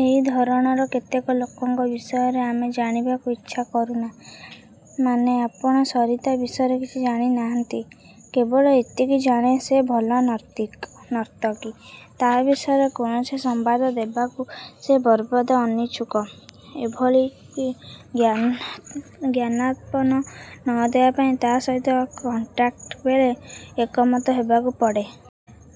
ଏଇ ଧରଣର କେତେକ ଲୋକଙ୍କ ବିଷୟରେ ଆମେ ଜାଣିବାକୁ ଇଚ୍ଛା କରୁନା। ମାନେ, ଆପଣ ସରିତା ବିଷୟରେ କିଛି ଜାଣିନାହାନ୍ତି? କେବଳ ଏତିକି ଜାଣେ, ସେ ଭଲ ନର୍ତ୍ତକୀ। ତା' ବିଷୟରେ କୌଣସି ସମ୍ୱାଦ ଦେବାକୁ ସେ ସର୍ବଦା ଅନିଚ୍ଛୁକ। ଏଭଳିକି ବିଜ୍ଞାପନ ନ ଦେବା ପାଇଁ ତା' ସହିତ କଣ୍ଟ୍ରାକ୍ଟ୍ ବେଳେ ଏକମତ ହେବାକୁ ପଡ଼େ।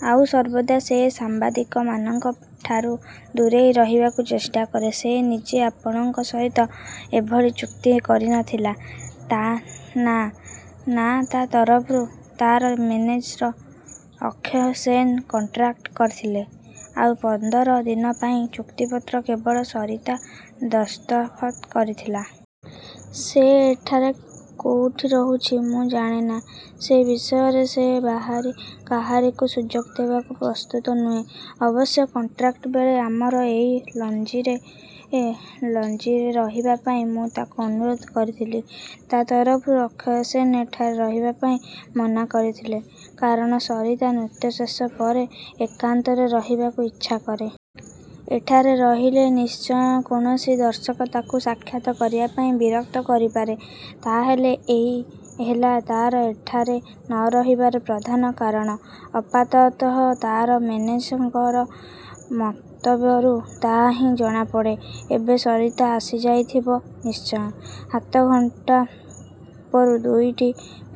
ଆଉ ସର୍ବଦା ସେ ସାମ୍ବାଦିକମାନଙ୍କଠାରୁ ଦୂରେଇ ରହିବାକୁ ଚେଷ୍ଟା କରେ। ସେ ନିଜେ ଆପଣଙ୍କ ସହିତ ଏଭଳି ଚୁକ୍ତି କରିଥିଲା ନା, ତା' ତରଫରୁ ତା'ର ମେନେଜର ଅକ୍ଷୟ ସେନ୍ କଣ୍ଟ୍ରାକ୍ଟ କରିଥିଲେ। ଆଉ ପନ୍ଦର ଦିନ ପାଇଁ ଚୁକ୍ତିପତ୍ରରେ କେବଳ ସରିତା ଦସ୍ତଖତ୍ କରିଥିଲା। ସେ ଏଠାରେ କୋଉଠି ରହୁଛି? ମୁଁ ଜାଣେନା। ସେ ବିଷୟରେ ସେ କାହାରିକୁ ସୁଯୋଗ ଦେବାକୁ ପ୍ରସ୍ତୁତ ନୁହେଁ। ଅବଶ୍ୟ କଣ୍ଟ୍ରାକ୍ଟ ବେଳେ ଆମର ଏଇ ଲଜିଂରେ ରହିବାପାଇଁ ମୁଁ ତାକୁ ଅନୁରୋଧ କରିଥିଲି। ତା ତରଫରୁ ଅକ୍ଷୟ ସେନ୍ ଏଠାରେ ରହିବାପାଇଁ ମନା କରିଥିଲେ, କାରଣ ସରିତା ନୃତ୍ୟ ଶେଷ ପରେ ଏକାନ୍ତରେ ରହିବାକୁ ଇଚ୍ଛା କରେ। ଏଠାରେ ରହିଲେ ନିଶ୍ଚୟ କୌଣସି ଦର୍ଶକ ତାକୁ ସାକ୍ଷାତ୍ କରିବାପାଇଁ ବିରକ୍ତ କରିପାରେ। ତା'ହେଲେ ଏଇ ହେଲା ତା'ର ଏଠାରେ ନ ରହିବାର ପ୍ରଧାନ କାରଣ? ଆପାତତଃ ତା'ର ମେନେଜରଙ୍କ ମନ୍ତବ୍ୟରୁ ତାହା ହିଁ ଜଣାପଡ଼େ। ଏବେ ସରିତା ଆସିଯାଇଥିବ ନିଶ୍ଚୟ? ହାତଘଣ୍ଟା ଉପରୁ ଦୃଷ୍ଟି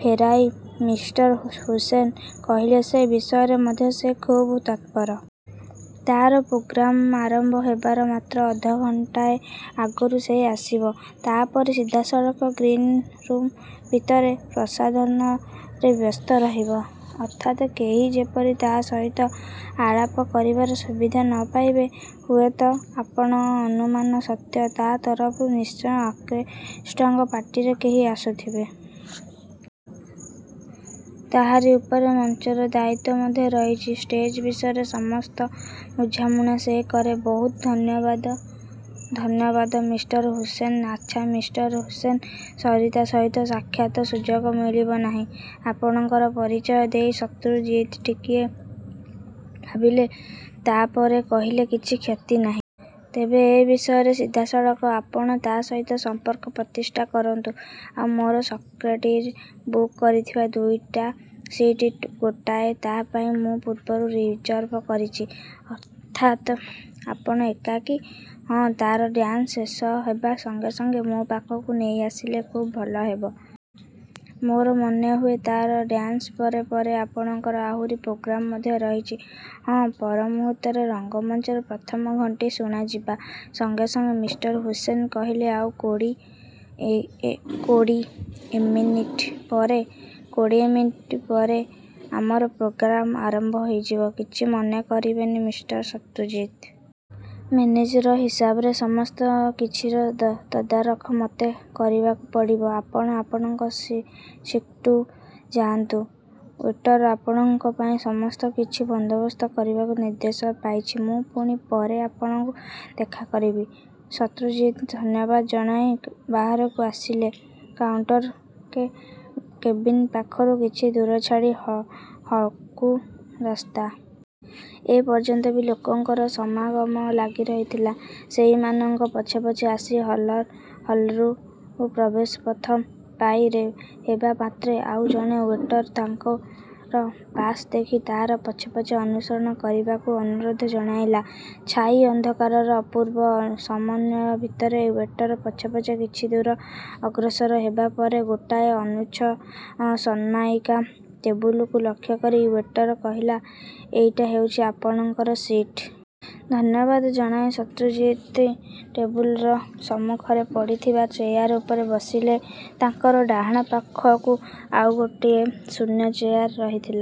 ଫେରାଇ ମିଷ୍ଟର ହୁସେନ କହିଲେ, ସେ ବିଷୟରେ ମଧ୍ୟ ସେ ଖୁବ୍ ତତ୍ପର। ତା'ର ପ୍ରୋଗ୍ରାମ ଆରମ୍ଭ ହେବାର ମାତ୍ର ଅଧଘଣ୍ଟାଏ ଆଗରୁ ସେ ଆସିବ। ତା'ପରେ ସିଧାସଳଖ ଗ୍ରୀନରୁମ ଭିତରେ ପ୍ରସାଧନରେ ବ୍ୟସ୍ତ ରହିବ। ଅର୍ଥାତ୍ କେହି ଯେପରି ତା' ସହିତ ଆଳାପ କରିବାର ସୁବିଧା ନ ପାଇବେ। ହୁଏତ ଆପଣଙ୍କ ଅନୁମାନ ସତ୍ୟ। ତା' ତରଫରୁ ନିଶ୍ଚୟ ଅର୍କେଷ୍ଟ୍ରାଙ୍କ ପାର୍ଟିର କେହି ଆସୁଥିବେ? ତାହାରି ଉପରେ ମଞ୍ଚର ଦାୟିତ୍ୱ ମଧ୍ୟ ରହିଛି। ଷ୍ଟେଜ୍ ବିଷୟରେ ସମସ୍ତ ବୁଝାଶୁଣା ସେ କରେ। ବହୁତ ଧନ୍ୟବାଦ, ମିଷ୍ଟର ହୁସେନ୍! ଆଚ୍ଛା, ମିଷ୍ଟର ହୁସେନ୍, ସରିତା ସହିତ ସାକ୍ଷାତର ସୁଯୋଗ ମିଳିବ ନାହିଁ? ଆପଣଙ୍କର ପରିଚୟ ଦେଇ ଶତ୍ରୁଜିତ୍ ଟିକିଏ ଭାବିଲେ। ତା'ପରେ କହିଲେ କିଛି କ୍ଷତି ନାହିଁ। ତେବେ ଏ ବିଷୟରେ ସିଧାସଳଖ ଆପଣ ତା' ସହିତ ସମ୍ପର୍କ ପ୍ରତିଷ୍ଠା କରନ୍ତୁ। ଆଉ ମୋର ସେକ୍ରେଟେରୀ ବୁକ୍ କରିଥିବା ଦୁଇଟା ସିଟ୍ ଗୋଟାଏ ତା' ପାଇଁ ମୁଁ ପୂର୍ବରୁ ରିଜର୍ଭ କରିଛି। ଅର୍ଥାତ୍ ଆପଣ ଏକାକୀ? ହଁ, ତା'ର ଡ୍ୟାନ୍ସ ଶେଷ ହେବା ସଙ୍ଗେ ସଙ୍ଗେ ମୋ ପାଖକୁ ନେଇଆସିଲେ ଖୁବ୍ ଭଲ ହେବ। ମୋର ମନେହୁଏ, ତା'ର ଡ୍ୟାନ୍ସ ପରେ ପରେ ଆପଣଙ୍କର ଆହୁରି ପ୍ରୋଗ୍ରାମ ମଧ୍ୟ ରହିଛି। ହଁ, ପର ମୁହୂର୍ତ୍ତରେ ରଙ୍ଗମଞ୍ଚର ପ୍ରଥମ ଘଣ୍ଟି ଶୁଣାଯିବା ସଙ୍ଗେ ସଙ୍ଗେ ମିଷ୍ଟର ହୁସେନ୍ କହିଲେ, ଆଉ କୋଡୀ ଏମିନିଟ୍ ପରେ ଆମର ପ୍ରୋଗ୍ରାମ ଆରମ୍ଭ ହେଇଯିବ। କିଛି ମନେ କରିବେନି ମିଷ୍ଟର ଶତ୍ରୁଜିତ୍! ମେନେଜର ହିସାବରେ ସମସ୍ତ କିଛିର ତଦାରଖ ମୋତେ କରିବାକୁ ପଡ଼ିବ। ଆପଣ ଆପଣଙ୍କର ସିଟ୍କୁ ଯାଆନ୍ତୁ। ୱେଟର୍ ଆପଣଙ୍କ ପାଇଁ ସମସ୍ତ କିଛି ବନ୍ଦୋବସ୍ତ କରିବାକୁ ନିର୍ଦ୍ଦେଶ ପାଇଛି। ମୁଁ ପୁଣି ପରେ ଆପଣଙ୍କୁ ଦେଖା କରିବି। ଶତ୍ରୁଜିତ୍ ଧନ୍ୟବାଦ ଜଣାଇ ବାହାରକୁ ଆସିଲେ। କାଉଣ୍ଟର କେବିନ ପାଖରୁ କିଛିଦୂର ଛାଡ଼ି ହ ହଗୁ ରାସ୍ତା। ଏ ପର୍ଯ୍ୟନ୍ତ ବି ଲୋକଙ୍କର ସମାଗମ ଲାଗିରହିଥିଲା। ସେଇମାନଙ୍କ ପଛେ ପଛେ ଆସି ହଲ୍ଋ ପ୍ରବେଶପଥ ପାରି ହେବା ମାତ୍ରେ ଆଉ ଜଣେ ୱେଟର ତାଙ୍କର ପାସ୍ ଦେଖି ତା'ର ପଛେ ପଛେ ଅନୁସରଣ କରିବାକୁ ଅନୁରୋଧ ଜଣାଇଲା। ଛାଇ ଅନ୍ଧକାରର ଅପୂର୍ବ ସମନ୍ୱୟ ଭିତରେ ୱେଟର ପଛେ ପଛେ କିଛିଦୂର ଅଗ୍ରସର ହେବା ପରେ, ଗୋଟାଏ ଅନୁଚ୍ଚ ସନ୍ମାଇକା ଟେବୁଲକୁ ଲକ୍ଷ୍ୟ କରି ୱେଟର କହିଲା ଏଇଟା ହେଉଛି ଆପଣଙ୍କର ସିଟ୍। ଧନ୍ୟବାଦ ଜଣାଇ ଶତ୍ରୁଜିତ୍ ଟେବୁଲର ସମ୍ମୁଖରେ ପଡ଼ିଥିବା ଚେୟାର ଉପରେ ବସିଲେ। ତାଙ୍କର ଡାହାଣ ପାଖକୁ ଆଉ ଗୋଟିଏ ଶୂନ୍ୟ ଚେୟାର ରହିଥିଲା।